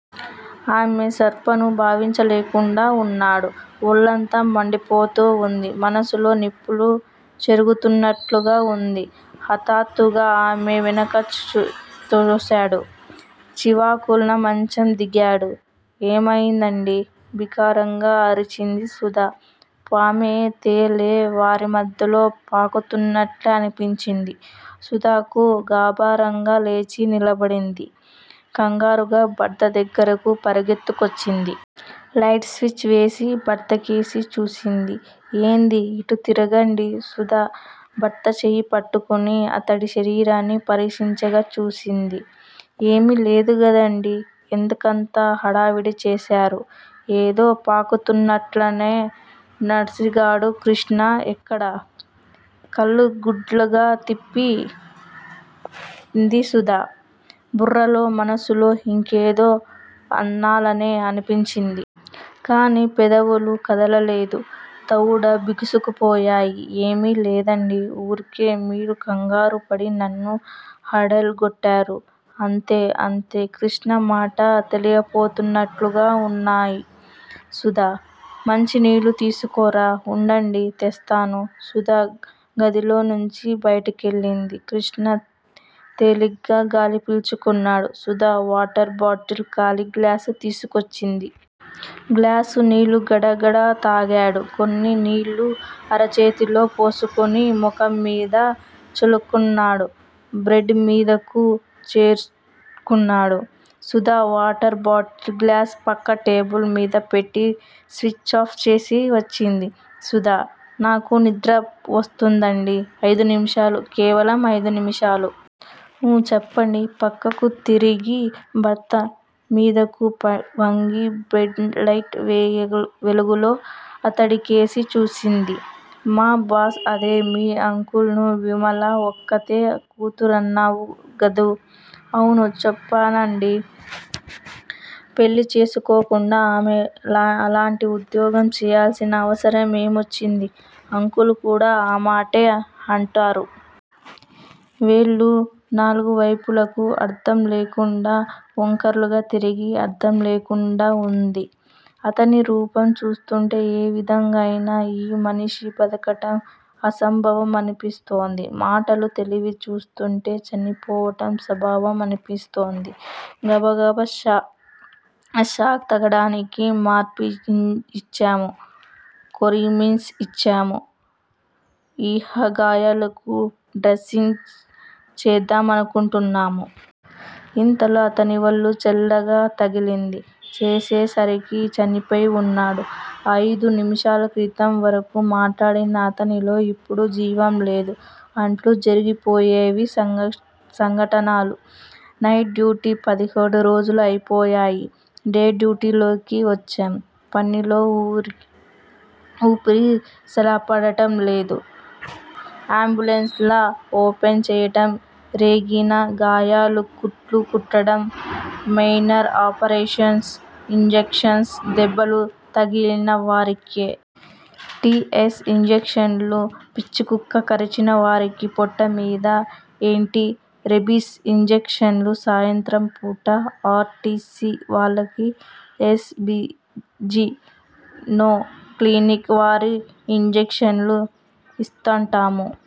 ఆమె సర్పను భావించలేకుండా ఉన్నాడు. ఒళ్ళంతా మండిపోతుంది. మనసులో నిప్పులు చెరుగుతున్నట్టుగా వుంది. హఠాత్తుగా ఆమెను వెనక్కు తోశాడు. చివాలున మంచం దిగాడు. ఏమైందండీ? బిగ్గరగా అరిచింది సుధ. పామో, తేలో వారిమధ్య పారాడినట్టే అనిపించింది సుధకు. గాభరాగా లేచి నిలబడింది. కంగారుగ భర్త దగ్గిరకు పరిగెత్తుకొచ్చింది. లైట్ స్విచ్ వేసి భర్తకేసి చూసింది. ఏదీ! ఇటు తిరగండీ! సుధ భర్తచెయ్యి పట్టుకొని అతడి శరీరాన్ని పరీక్షగ చూసింది. ఏమీ లేదుగదండీ? ఎందుకంత హడావిడి చేశారూ? ఏదో పారాడినట్లుగానే నసిగాడు కృష్ణ. ఎక్కడా? కళ్ళు గుండ్రంగా తిప్పింది సుధ. బుర్రలో, మనసులో ఇంకేదో అనాలనే అనిపించింది. కాని పెదవులు కదల్లేదు. దవడలు బిగుసుకుపోయాయి. ఏమీ లేదండి. ఊరికే మీరు కంగారుపడి నన్ను హడల్ గొట్టారు. అంతే! అంతే! కృష్ణ మాటలు తేలిపోతున్నట్టుగా వున్నాయి. సుధా! మంచినీళ్ళు తీసుకురా. ఉండండి! తెస్తాను! సుధ గదిలో నుంచి బయటికెళ్ళింది. కృష్ణ తేలిగ్గా గాలిపీల్చుకున్నాడు. సుధ వాటర్ బాటిలూ, ఖాళీగ్లాసూ తీసుకొచ్చింది. గ్లాసుడు నీళ్ళు గడగడ తాగాడు. కొన్ని నీళ్ళు అరచేతిలో పోసుకొని ముఖంమీద చల్లుకున్నాడు. బెడ్ మీదకు చేరుకున్నాడు. సుధ వాటర్ బాటిలూ, గ్లాసూ పక్క టేబుల్ మీద పెట్టి స్విచ్ ఆఫ్ చేసి వచ్చింది. సుధా! నాకు నిద్ర వస్తోందండీ! ఐదు నిమిషాలు. కేవలం ఐదు నిమిషాలు. ఊ చెప్పండి పక్కకు తిరిగి భర్త మీదకు వంగి, బెడ్ లైట్ వెలుగులో అతడికేసి చూసింది. మా బాస్ అదే మీ అంకుల్ కు విమల ఒక్కర్తె కూతురన్నావు గదూ? అవును. చెప్పానండీ! పెళ్ళి చేసుకోకుండా ఆమెకు అలాంటి ఉద్యోగం చెయ్యాల్సిన అవసరం ఏమొచ్చిందీ? అంకుల్ కూడా ఆమాటే అంటారు. వ్రేళ్ళు నలువైపులకూ అర్ధం లేకుండా, వొంకర్లు తిరిగి అర్ధం లేకుండా వుంది. అతని రూపం చూస్తుంటే ఏవిధంగానైనా యీ మనిషి బ్రతకటం అసంభవమనిపిస్తోంది. మాటలు, తెలివి చూస్తుంటే చనిపోవటం సంభవం అనిపిస్తోంది. గబగబ షాక్ తగ్గటానికి మార్ఫియా ఇచ్చాము. కోరమిన్ ఇచ్చాము. ఇహ గాయాలకు డ్రెస్సింగ్ చేద్దామనుకుంటున్నాము. ఇంతలో అతని వళ్ళు చల్లగా తగిలింది. చూసేసరికి చనిపోయి వున్నాడు. అయిదు నిమిషాల క్రితం వరకూ మాట్లాడిన అతనిలో ఇప్పుడు జీవంలేదు. అట్లా జరిగిపోయేవి సంఘటనలు. నైట్ డ్యూటీ పదిరోజులూ అయిపోయాయి. డే డ్యూటీలోకి వచ్చాం. పనిలో ఊపిరి సలపటంలేదు. యాంబ్లెన్స్ల ఓపెన్ చెయ్యటం రేగిన గాయాలకు కుట్లు కుట్టడం, మైనర్ ఆపరేషన్లు, ఇంజక్షన్లు దెబ్బలు తగిలిన వారికి ఎ. టి. ఎస్. ఇంజక్షన్లు, పిచ్చికుక్క కరిచినవారికి పొట్టమీద యాంటీ రేబిస్ ఇంజక్షన్లు, సాయంత్రంపూట ఆర్. టి. సి. వారికీ, N. B. G. O clinic వారికి ఇంజక్షన్లూ ఇస్తుంటాము.